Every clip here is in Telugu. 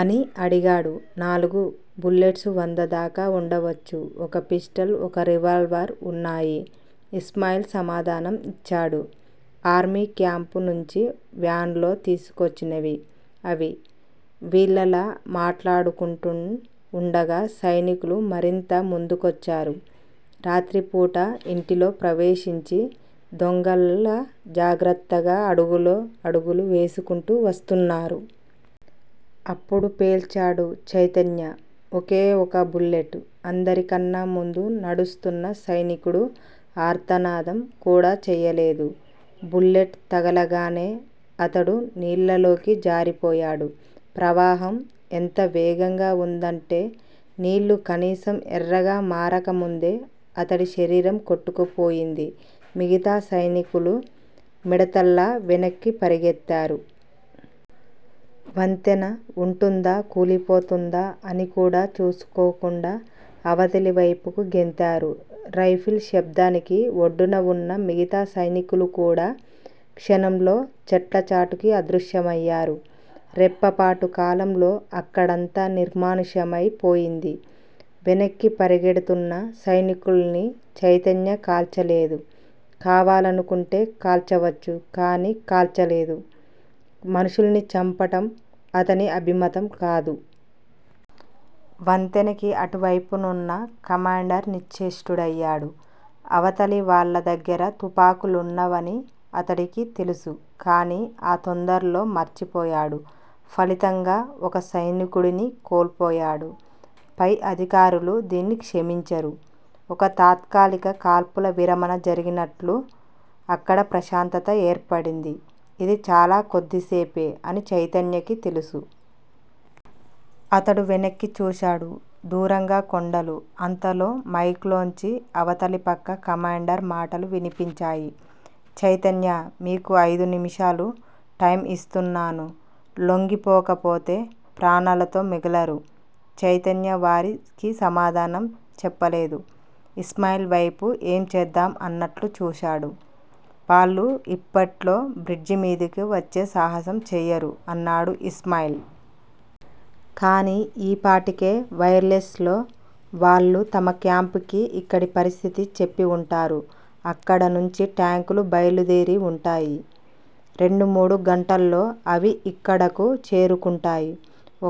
అని అడిగాడు. నాలుగు. బుల్లెట్స్ వందదాకా వుండవచ్చు. ఒక పిస్టల్, ఒక రివాల్వర్ వున్నాయి ఇస్మాయిల్ సమాధానం ఇచ్చాడు. ఆర్మీ క్యాంప్ నుంచి వ్యాన్ లో తీసుకొచ్చినవి అవి. వీళ్ళలా మాట్లాడుకుంటూ వుండగా సైనికులు మరింత ముందుకొచ్చారు. రాత్రిపూట ఇంటిలో ప్రవేసించి దొంగల్లా జాగ్రత్తగా అడుగులో అడుగులు వేసుకుంటూ వస్తున్నారు. అప్పుడు పేల్చాడు చైతన్య. ఒకే ఒక బుల్లెట్. అందరికన్నా ముందు నడుస్తూన్న సైనికుడు ఆర్తనాదం కూడా చెయ్యలేదు. బుల్లెట్ తగలగానే అతడు నీళ్ళలోకి జారిపోయాడు. ప్రవాహం ఎంత వేగంగా వుందంటే, నీళ్ళు కనీసం ఎర్రగా మారకముందే అతడి శరీరం కొట్టుకుపోయింది. మిగతా సైనికులు మిడతల్లా వెనక్కి పరుగెత్తారు. వంతెన వుంటుందా, కూలిపోతుందా అనికూడా చూసుకోకుండా అవతలివైపుకి గెంతారు. రైఫిల్ శబ్దానికి ఒడ్డున వున్న మిగతా సైనికులుకూడా క్షణంలో చెట్లచాటుకి అదృశ్యమయ్యారు. రెప్పపాటు కాలంలో అక్కడంతా నిర్మానుష్యమై పోయింది. వెనక్కి పరిగెడుతున్న సైనికుల్ని చైతన్య కాల్చలేదు. కావాలనుకుంటే కాల్చవచ్చు కానీ కాల్చలేదు. మనుషుల్ని చంపటం అతని అభిమతం కాదు. వంతెనకి అటువైపునున్న కమాండర్ నిశ్చేష్టుడయ్యాడు. అవతలివాళ్ళ దగ్గర తుపాకులున్నవని అతడికి తెలుసు. కానీ ఆ తొందరలో మర్చిపోయాడు ఫలితంగా ఒక సైనికుడిని కోల్పోయాడు. పై అధికారులు దీన్ని క్షమించరు. ఒక్క తాత్కాలిక కాల్పుల విరమణ జరిగినట్లు అక్కడ ప్రశాంతత ఏర్పడింది. ఇది చాలా కొద్దిసేపే అని చైతన్యకి తెలుసు. అతడు వెనక్కి చూశాడు. దూరంగా కొండలు అంతలో మైక్ లోంచి అవతలిపక్క కమాండర్ మాటలు వినిపించాయి. చైతన్యా! మీకు అయిదు నిముషాలు టైము ఇస్తున్నాను. లొంగిపోకపోతే ప్రాణాలతో మిగలరు. చైతన్య వారికి సమాధానం చెప్పలేదు. ఇస్మాయిల్ వైపు 'ఏం చేద్దాం' అన్నట్లు చూశాడు. వాళ్ళు ఇప్పట్లో బ్రిడ్జి మీదకి వచ్చే సాహసం చెయ్యరు అన్నాడు ఇస్మాయిల్. కానీ ఈపాటికే వైర్ లెస్ లో వాళ్ళు తమ క్యాంప్ కి ఇక్కడి పరిస్థితి చెప్పి వుంటారు. అక్కడనుంచి టాంకులు బయలుదేరి వుంటాయి. రెండు మూడు గంటల్లో అవి ఇక్కడకు చేరుకుంటాయి.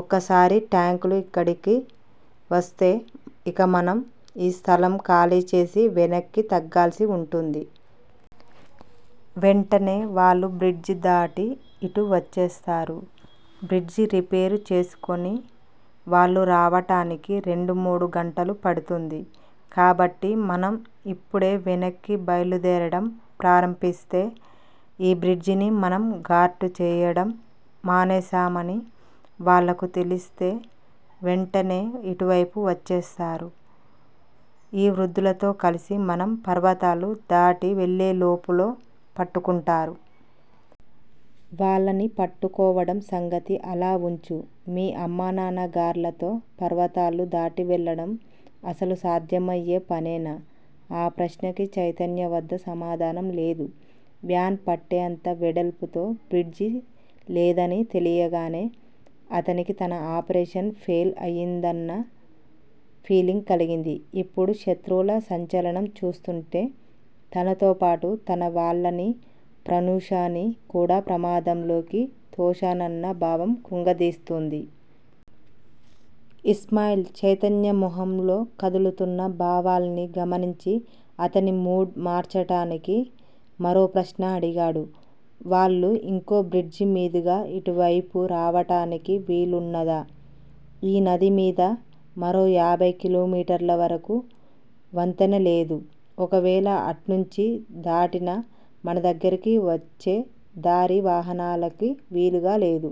ఒక్కసారి టాంకులు ఇక్కడకు వస్తే ఇక మనం ఈ స్థలం ఖాళీచేసి వెనక్కి తగ్గాల్సి వుంటుంది. వెంటనే వాళ్ళు బ్రిడ్జిదాటి ఇటు వచ్చేస్తారు. బ్రిడ్జి రిపేరు చేసుకొని వాళ్ళు రావటానికి రెండు మూడు గంటలు పడుతుంది కాబట్టి మనం ఇప్పుడే వెనక్కి బయలుదేరడం ప్రారంభిస్తే. ఈ బ్రిడ్జిని మనం గార్డుచేయడం మానేసామని వాళ్ళకు తెలిస్తే వెంటనే ఇటువైపు వచ్చేస్తారు. ఈ వృద్ధులతో కలిసి మనం పర్వతాలు దాటి వెళ్ళేలోపులో పట్టుకుంటారు. వాళ్ళని పట్టుకోవడం సంగతి అలా వుంచు. మీ అమ్మానాన్నగార్లతో పర్వతాలు దాటివెళ్ళడం అసలు సాధ్యమయ్యే పనేనా? ఆ ప్రశ్నకి చైతన్య వద్ద సమాధానం లేదు. వ్యాన్ పట్టేంత వెడల్పుతో బ్రిడ్జి లేదని తెలియగానే అతనికి తన ఆపరేషన్ ఫెయిల్ అయిందన్న ఫీలింగ్ కలిగింది. ఇప్పుడు శత్రువుల సంచలనం చూస్తూంటే, తనతోపాటు తన వాళ్ళనీ, ప్రనూషనీ కూడా ప్రమాదంలోకి తోశానన్న భావం కృంగదీస్తుంది. ఇస్మాయిల్ చైతన్య మొహంలో కదులుతూన్న భావాల్ని గమనించి, అతని మూడ్ మార్చటానికి మరో ప్రశ్న అడిగాడు. వాళ్ళు ఇంకో బ్రిడ్జి మీదుగా ఇటువైపు రావటానికి వీలున్నదా? ఈ నదిమీద మరో యాభై కిలోమీటర్ల వరకూ వంతెనలేదు. ఒకవేళ అట్నుంచి దాటినా, మన దగ్గరికి వచ్చే దారి వాహనాలకి వీలుగా లేదు.